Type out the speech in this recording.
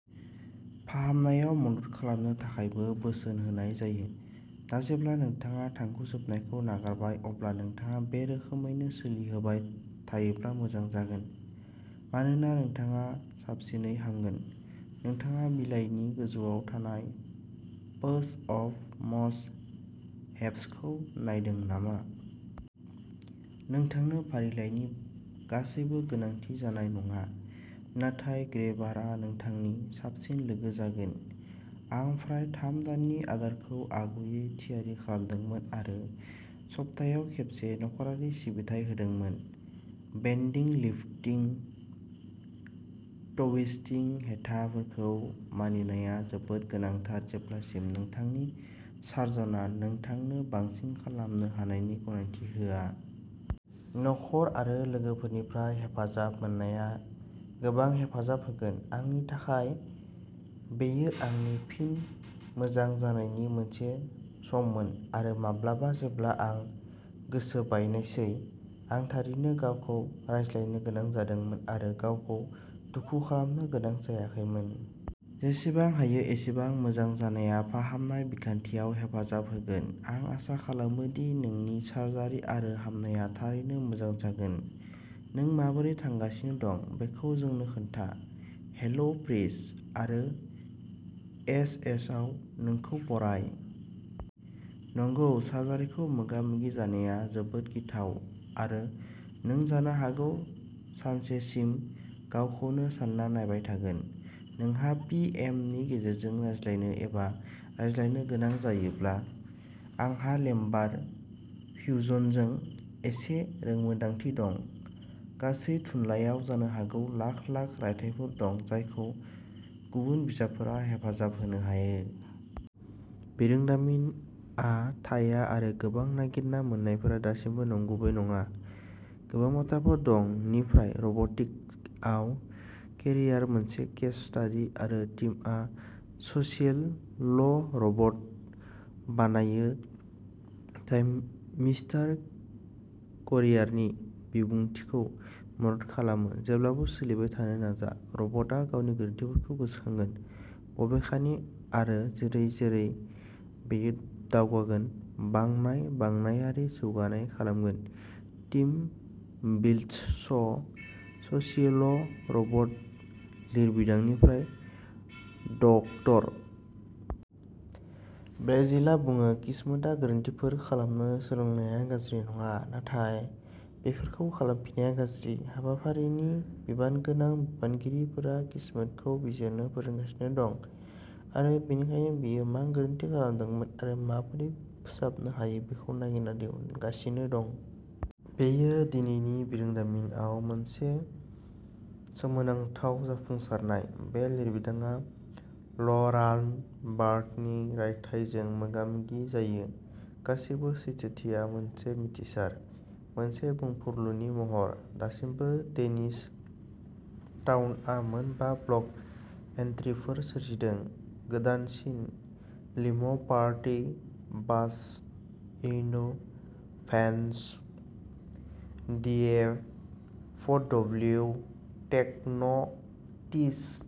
फाहामनायाव मदद खालामनो थाखायबो बोसोन होनाय जायो। दा जेब्ला नोंथाङा थांखु सोबनायखौ नागारबाय, अब्ला नोंथाङा बे रोखोमैनो सोलिहोबाय थायोब्ला मोजां जागोन, मानोना नोंथाङा साबसिनै हामगोन। नोंथाङा बिलाइनि गोजौआव थानाय पोस्ट-अप मस्ट हेभ्सखौ नायदों नामा? नोंथांनो फारिलाइनि गासैबो गोनांथि जानाय नङा, नाथाय ग्रेबारआ नोंथांनि "साबसिन लोगो" जागोन। आं फ्राय थाम दाननि आदारखौ आगुयै थियारि खालामदोंमोन आरो सप्तायाव खेबसे नख'रारि सिबिथाइ होदोंमोन। बेन्दिं-लिफ्टिं-ट्विस्टिं हेंथाफोरखौ मानिनाया जोबोद गोनांथार जेब्लासिम नोंथांनि सार्जनआ नोंथांनो बांसिन खालामनो हानायनि गनायथि होआ। नखर आरो लोगोफोरनिफ्राय हेफाजाब मोननाया गोबां हेफाजाब होगोन। आंनि थाखाय, बेयो आंनि फिन मोजां जानायनि मोनसे सममोन, आरो माब्लाबा जेब्ला आं गोसो बायनायसै, आं थारैनो गावखौ रायज्लायनो गोनां जादोंमोन आरो गावखौ दुखु खालामनो गोनां जायाखैमोन। जेसेबां हायो एसेबां मोजां जानाया फाहामनाय बिखान्थियाव हेफाजाब होगोन। आं आसा खालामो दि नोंनि सार्जारि आरो हामनाया थारैनो मोजां जागोन। नों माबोरै थांगासिनो दं बेखौ जोंनो खोन्था। हेलो प्रिस आरो एसएचआव नोंखौ बराय!! नंगौ सार्जारिखौ मोगा-मोगि जानाया जोबोद गिथाव आरो नों जानो हागौ सानसेसिम गावखौनो सान्ना नायबाय थागोन! नोंहा पि. एम. नि गेजेरजों रायज्लायनो एबा रायज्लायनो गोनां जायोब्ला आंहा लेम्बार फ्युजनजों एसे रोंमोन्दांथि दं! गासै थुनलाइयाव जानो हागौ लाख लाख रायथाइफोर दं जायखौ गुबुन बिजाबफोरा हेफाजाब होनो हायो। बिरोंदामिनआ थाया आरो गोबां नागिरना मोन्नायफोरा दासिमबो नंगुबै नङा। गोबां बाथ्राफोर दं। निफ्राय, रब'टिक्सआव केरियारः मोनसे केस स्टादि आरो टीमआ'सोसियेबल'रब'ट बानायो जाय मिस्टार कलियारनि बिबुंथिखौ मदद खालामो, जेब्लाबो सोलिबाय थानो नाजा। "रब'टआ गावनि गोरोन्थिफोरखौ'गोसोखांगोन ', बबेखानि, आरो जेरै-जेरै बेयो दावगागोन, बांनाय-बांनायारि जौगानाय खालामगोन", टिम बिल्ड्स'सोसियेबल'रब'ट लिरबिदांनिफ्राय ड. ब्रेजिलआ बुङो। किस्मटआ गोरोन्थिफोर खालामनो सोलोंनाया गाज्रि नङा, नाथाय बेफोरखौ खालामफिननाया गाज्रि। हाबाफारिनि बिबानगोनां बिगियानगिरिफोरा किस्मटखौ बिजिरनो फोरोंगासिनो दं आरो बेनिखायनो बियो मा गोरोन्थि खालामदोंमोन आरो माबोरै फोसाबनो हायो बेखौ नागिरना दिहुनगासिनो दं। बेयो दिनैनि बिरोंदामिनआव मोनसे सोमोनांथाव जाफुंसारनाय। बे लिरबिदांआ र'लान्ड बार्थनि रायथाइजों मोगामोगि जायो "गासैबो सैथोथिया मोनसे मिथिसार, मोनसे बुंफुरलुनि महर"। दासिम डेनिस ट्राउटआ मोन बा ब्लग एन्ट्रिफोर सोरजिदों। गोदानसिन limo party bus innovations D F W tech notice!